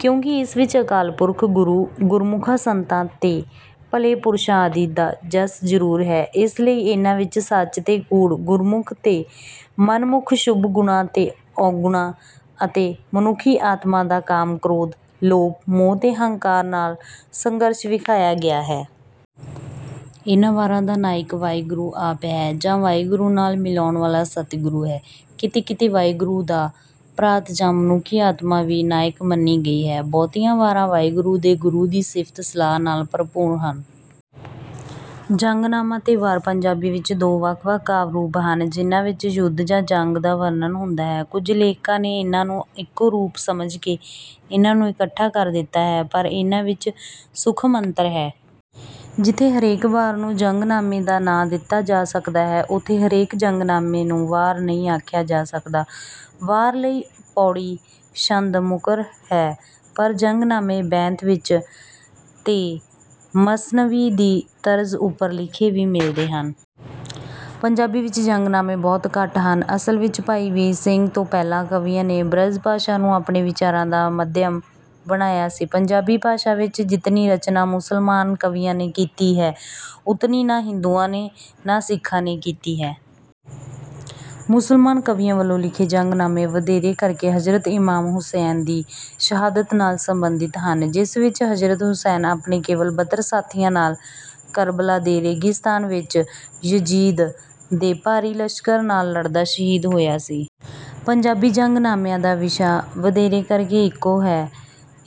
ਕਿਉਂਕਿ ਇਸ ਵਿੱਚ ਅਕਾਲ ਪੁਰਖ, ਗੁਰੂ, ਗੁਰਮੁਖਾਂ, ਸੰਤਾਂ ਤੇ ਭਲੇ ਪੁਰਸ਼ਾਂ ਆਦਿ ਦਾ ਜਸ ਜ਼ਰੂਰ ਹੈ, ਇਸ ਲਈ ਇਨ੍ਹਾਂ ਵਿੱਚ ਸੱਚ ਤੇ ਕੂੜ, ਗੁਰਮੁਖ ਤੇ ਮਨਮੁਖ, ਸ਼ੁਭ ਗੁਣਾਂ ਤੇ ਔਗੁਣਾਂ ਅਤੇ ਮਨੁੱਖੀ ਆਤਮਾ ਦਾ ਕਾਮ, ਕ੍ਰੋਧ, ਲੋਭ, ਮੋਹ ਤੇ ਹੰਕਾਰ ਨਾਲ ਸੰਘਰਸ਼ ਵਿਖਾਇਆ ਗਿਆ ਹੈ। ਇਨ੍ਹਾਂ ਵਾਰਾਂ ਦਾ ਨਾਇਕ ਵਾਹਿਗੁਰੂ ਆਪ ਹੈ ਜਾਂ ਵਾਹਿਗੁਰੂ ਨਾਲ ਮਿਲਾਉਣ ਵਾਲਾ ਸਤਿਗੁਰੂ ਹੈ, ਕਿਤੇ-ਕਿਤੇ ਵਾਹਿਗੁਰੂ ਦਾ ਭਰਾਤ ਜਾਂ ਮਨੁੱਖੀ ਆਤਮਾ ਵੀ ਨਾਇਕ ਮੰਨੀ ਗਈ ਹੈ। ਬਹੁਤੀਆਂ ਵਾਰਾਂ ਵਾਹਿਗੁਰੂ ਤੇ ਗੁਰੂ ਦੀ ਸਿਫ਼ਤ-ਸਲਾਹ ਨਾਲ ਭਰਪੂਰ ਹਨ। ਜੰਗਨਾਮਾ ਤੇ ਵਾਰ ਪੰਜਾਬੀ ਵਿੱਚ ਦੋ ਵੱਖ-ਵੱਖ ਕਾਵਿ-ਰੂਪ ਹਨ, ਜਿਹਨਾਂ ਵਿੱਚ ਯੁੱਧ ਜਾਂ ਜੰਗ ਦਾ ਵਰਣਨ ਹੁੰਦਾ ਹੈ। ਕੁਝ ਲੇਖਕਾਂ ਨੇ ਇਨ੍ਹਾਂ ਨੂੰ ਇੱਕੋ ਰੂਪ ਸਮਝ ਕੇ ਇਨ੍ਹਾਂ ਨੂੰ ਇਕੱਠਾ ਕਰ ਦਿੱਤਾ ਹੈ, ਪਰ ਇਨ੍ਹਾਂ ਵਿੱਚ ਸੂਖਮ ਅੰਤਰ ਹੈ। ਜਿੱਥੇ ਹਰੇਕ ਵਾਰ ਨੂੰ ਜੰਗਨਾਮੇ ਦਾ ਨਾਂ ਦਿੱਤਾ ਜਾ ਸਕਦਾ ਹੈ, ਉੱਥੇ ਹਰੇਕ ਜੰਗਨਾਮੇ ਨੂੰ ਵਾਰ ਨਹੀਂ ਆਖਿਆ ਜਾ ਸਕਦਾ। ਵਾਰ ਲਈ ਪਉੜੀ ਛੰਦ ਮੁਕੱਰ ਹੈ, ਪਰ ਜੰਗਨਾਮੇ ਬੈਂਤ ਵਿੱਚ ਤੇ ਮਸਨਵੀ ਦੀ ਤਰਜ਼ ਉੱਪਰ ਲਿਖੇ ਵੀ ਮਿਲਦੇ ਹਨ। ਪੰਜਾਬੀ ਵਿੱਚ ਜੰਗਨਾਮੇ ਬਹੁਤ ਘੱਟ ਹਨ। ਅਸਲ ਵਿੱਚ ਭਾਈ ਵੀਰ ਸਿੰਘ ਤੋਂ ਪਹਿਲਾਂ ਕਵੀਆਂ ਨੇ ਬ੍ਰਜ-ਭਾਸ਼ਾ ਨੂੰ ਆਪਣੇ ਵਿਚਾਰਾਂ ਦਾ ਮਾਧਿਅਮ ਬਣਾਇਆ ਸੀ। ਪੰਜਾਬੀ ਭਾਸ਼ਾ ਵਿੱਚ ਜਿਤਨੀ ਰਚਨਾ ਮੁਸਲਮਾਨ ਕਵੀਆਂ ਨੇ ਕੀਤੀ ਹੈ, ਉਤਨੀ ਨਾ ਹਿੰਦੂਆਂ ਨੇ ਨਾ ਸਿੱਖਾਂ ਨੇ ਕੀਤੀ ਹੈ। ਮੁਸਲਮਾਨ ਕਵੀਆਂ ਵੱਲੋਂ ਲਿਖੇ ਜੰਗਨਾਮੇ ਵਧੇਰੇ ਕਰਕੇ ਹਜ਼ਰਤ ਇਮਾਮ ਹੁਸੈਨ ਦੀ ਸ਼ਹਾਦਤ ਨਾਲ ਸੰਬੰਧਿਤ ਹਨ, ਜਿਸ ਵਿੱਚ ਹਜ਼ਰਤ ਹੁਸੈਨ ਆਪਣੇ ਕੇਵਲ ਬੱਤਰ ਸਾਥੀਆਂ ਨਾਲ ਕਰਬਲਾ ਦੇ ਰੇਗਿਸਤਾਨ ਵਿੱਚ ਯਜ਼ੀਦ ਦੇ ਭਾਰੀ ਲਸ਼ਕਰ ਨਾਲ ਲੜਦਾ ਸ਼ਹੀਦ ਹੋਇਆ ਸੀ। ਪੰਜਾਬੀ ਜੰਗਨਾਮਿਆਂ ਦਾ ਵਿਸ਼ਾ ਵਧੇਰੇ ਕਰਕੇ ਇੱਕੋ ਹੈ ਅਤੇ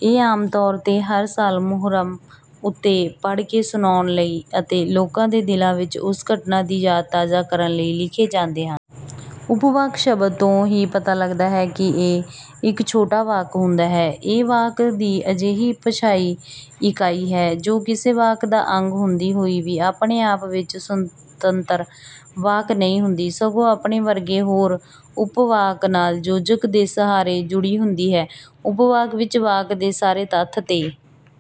ਇਹ ਆਮ ਤੌਰ 'ਤੇ ਹਰ ਸਾਲ ਮੁਹੱਰਮ ਉੱਤੇ ਪੜ੍ਹ ਕੇ ਸੁਣਾਉਣ ਲਈ ਅਤੇ ਲੋਕਾਂ ਦੇ ਦਿਲਾਂ ਵਿੱਚ ਉਸ ਘਟਨਾ ਦੀ ਯਾਦ ਤਾਜ਼ਾ ਕਰਨ ਲਈ ਲਿਖੇ ਜਾਂਦੇ ਹਨ। ਉਪਵਾਕ ਸ਼ਬਦ ਤੋਂ ਹੀ ਪਤਾ ਲੱਗਦਾ ਹੈ ਕਿ ਇਹ ਇੱਕ ਛੋਟਾ ਵਾਕ ਹੁੰਦਾ ਹੈ। ਇਹ ਵਾਕ ਦੀ ਅਜਿਹੀ ਭਾਸ਼ਾਈ ਇਕਾਈ ਹੈ, ਜੋ ਕਿਸੇ ਵਾਕ ਦਾ ਅੰਗ ਹੁੰਦੀ ਹੋਈ ਵੀ ਆਪਣੇ ਆਪ ਵਿੱਚ ਸੁਤੰਤਰ ਵਾਕ ਨਹੀਂ ਹੁੰਦੀ, ਸਗੋਂ ਆਪਣੇ ਵਰਗੇ ਹੋਰ ਉਪਵਾਕ ਨਾਲ ਯੋਜਕ ਦੇ ਸਹਾਰੇ ਜੁੜੀ ਹੁੰਦੀ ਹੈ। ਉਪਵਾਕ ਵਿੱਚ ਵਾਕ ਦੇ ਸਾਰੇ ਤੱਥ 'ਤੇ